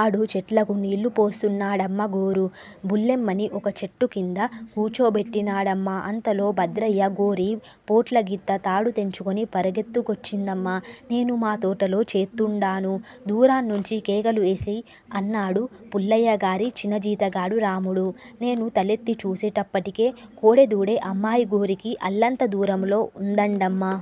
ఆడు చెట్లకు నీళ్ళు పోస్తున్నాడమ్మగోరూ! బుల్లెమ్మని ఒక చెట్టుకింద కూచోబెట్టినాడమ్మ. అంతలో భద్రయ్యగోరి పోట్లగిత్త తాడు తెంచుకొని పరుగెత్తుకొచ్చిందమ్మ. నేను మా తోటలో చేత్తుండాను. దూరాన్నుంచి కేకలు ఏసి అన్నాడు పుల్లయ్యగారి చిన జీతగాడు రాముడు. నేను తలెత్తి చూసేటప్పటికే కోడెదూడె అమ్మాయిగోరికి అల్లంత దూరంలో ఉందండమ్మా!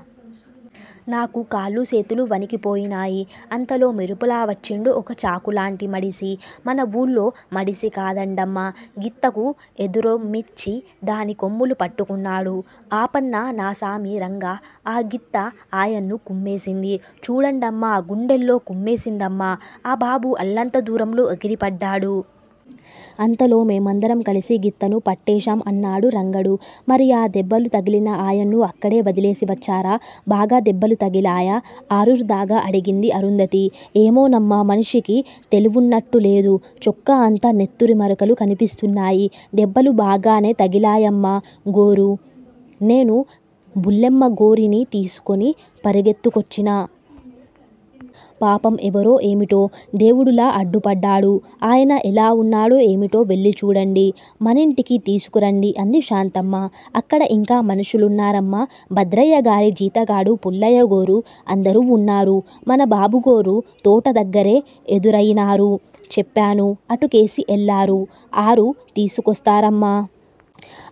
నాకు కాళ్ళు సేతులు వణికిపోయినాయ్. అంతలో మెరుపులా వచ్చిండు ఒక చాకులాంటి మడిసి. మన వూళ్ళో మడిసి కాదండమ్మా! గిత్తకు ఎదుర్రొమ్మిచ్చి దాని కొమ్ములు పట్టుకున్నాడు. ఆపన్న నాసామి రంగా ఆ గిత్త ఆయన్ను కుమ్మేసింది. చూడండమ్మా! గుండెల్లో కుమ్మేసిందమ్మా! ఆ బాబు అల్లంత దూరంలో ఎగిరి పడ్డాడు. అంతలో మేమందరం కలిసి గిత్తను పట్టేశాం అన్నాడు రంగడు. మరి ఆ దెబ్బలు తగిలిన ఆయన్ను అక్కడే వదిలేసి వచ్చారా? బాగా దెబ్బలు తగిలాయా? ఆదుర్దాగా అడిగింది అరుంధతి. ఏమోనమ్మా మనిషికి తెలివున్నట్టులేదు. చొక్కా అంతా నెత్తురు మరకలు కనిపిస్తున్నాయి. దెబ్బలు బాగానే తగిలాయమ్మగోరూ! నేను బుల్లెమ్మగోరిని తీసుకొని పరుగెత్తుకొచ్చినా. పాపం! ఎవరో ఏమిటో! దేవుడులా అడ్డుపడ్డాడు. ఆయన ఎలా ఉన్నాడో ఏమిటో వెళ్ళి చూడండి. మనింటికి తీసుకురండి అంది శాంతమ్మ. అక్కడ ఇంకా మనుషులున్నారమ్మా! భద్రయ్యగారి జీతగాడూ పుల్లయ్యగోరూ అందరూ ఉన్నారు. మన బాబుగోరు తోట దగ్గరే ఎదురయినారు. చెప్పాను. అటుకేసి ఎల్లారు, ఆరు తీసుకొస్తారమ్మా!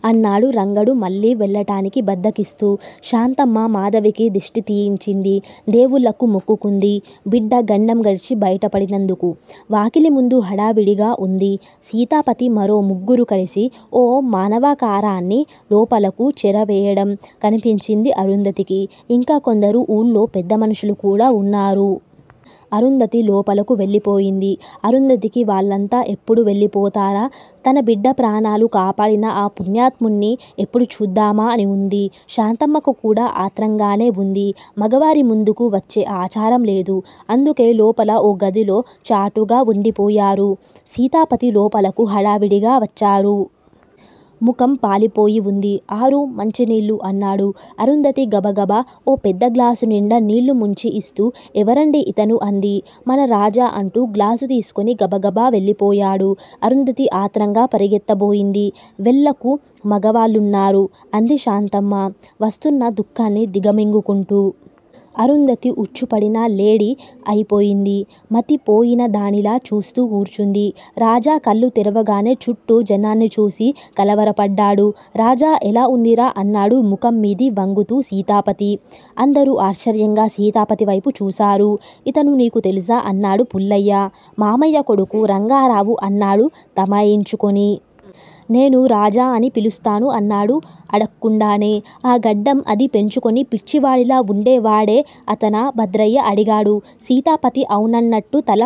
అన్నాడు రంగడు మళ్ళీ వెళ్ళటానికి బద్ధకిస్తూ. శాంతమ్మ మాధవికి దిష్టి తీయించింది. దేవుళ్ళకు మొక్కుకుంది బిడ్డ గండం గడిచి బయటపడినందుకు. వాకిలిముందు హడావిడిగా ఉంది. సీతాపతీ మరో ముగ్గురు కలిసి ఓ మానవాకారాన్ని లోపలకు చేరవేయటం కనిపించింది అరుంధతికి. ఇంకా కొందరు ఊళ్ళో పెద్దమనుషులు కూడా ఉన్నారు. అరుంధతి లోపలకు వెళ్ళిపోయింది. అరుంధతికి వాళ్ళంతా ఎప్పుడు వెళ్ళిపోతారా, తన బిడ్డ ప్రాణాలు కాపాడిన ఆ పుణ్యాత్ముణ్ణి ఎప్పుడు చూద్దామా అని ఉంది. శాంతమ్మకుకూడా ఆత్రంగానే ఉంది. మగవారి ముందుకు వచ్చే ఆచారం లేదు. అందుకే లోపల ఓ గదిలో చాటుగా ఉండిపోయారు. సీతాపతి లోపలకు హడావిడిగా వచ్చారు. ముఖం పాలిపోయివుంది. అరూ! మంచినీళ్ళు! అన్నాడు. అరుంధతి గబగబా ఓ పెద్ద గ్లాసునిండా నీళ్ళు ముంచి ఇస్తూ ఎవరండీ అతను? అంది. మన రాజా! అంటూ గ్లాసు తీసుకొని గబగబా వెళ్ళిపోయాడు. అరుంధతి ఆత్రంగా పరుగెత్తబోయింది. వెళ్ళకు మగవాళ్ళున్నారు అంది శాంతమ్మ వస్తున్న దుఃఖాన్ని దిగమింగుకుంటూ. అరుంధతి ఉచ్చుపడిన లేడి అయిపోయింది. మతిపోయినదానిలా చూస్తూ కూర్చుంది. రాజా కళ్ళు తెరవగానే చుట్టూ జనాన్ని చూసి కలవరపడ్డాడు. రాజా! ఎలా ఉందిరా? అన్నాడు ముఖంమీది వంగుతూ సీతాపతి. అందరూ ఆశ్చర్యంగా సీతాపతివైపు చూశారు. ఇతను నీకు తెలుసా? అన్నాడు పుల్లయ్య. మామయ్య కొడుకు, రంగారావు అన్నాడు తమాయించుకుని. నేను రాజా అని పిలుస్తాను అన్నాడు అడక్కుండానే. ఆ గడ్డం అదీ పెంచుకొని, పిచ్చివాడిలా వుండేవాడే అతనా? భద్రయ్య అడిగాడు. సీతాపతి ఔనన్నట్టు తల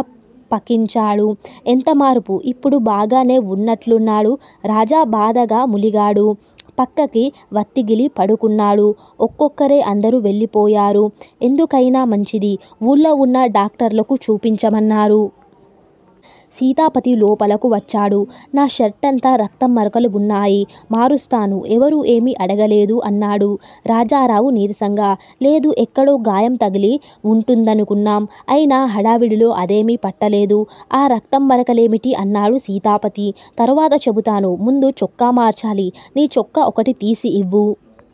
పకించాడు. ఎంతమార్పు? ఇప్పుడు బాగానే వున్నట్లున్నాడు. రాజా బాధగా ములిగాడు. పక్కకి వత్తిగిలి పడుకున్నాడు. ఒక్కొక్కరే అందరూ వెళ్ళిపోయారు. ఎందుకయినా మంచిది, ఊళ్ళోవున్న డాక్టర్లుకు చూపించమన్నారు. సీతాపతి లోపలకు వచ్చాడు. నా షర్టంతా రక్తం మరకలు వున్నాయి. మారుస్తాను. ఎవరూ ఏమీ అడగలేదూ? అన్నాడు రాజారావు నీరసంగా. లేదు, ఎక్కడో గాయం తగిలి వుంటుందనుకున్నాం. అయినా హడావిడిలో అదేమీ పట్టలేదు. ఆ రక్తంమరకలేమిటి? అన్నాడు సీతాపతి. తరువాత చెబుతాను. ముందు చొక్కా మార్చాలి. నీ చొక్కా ఒకటి తీసి ఇవ్వు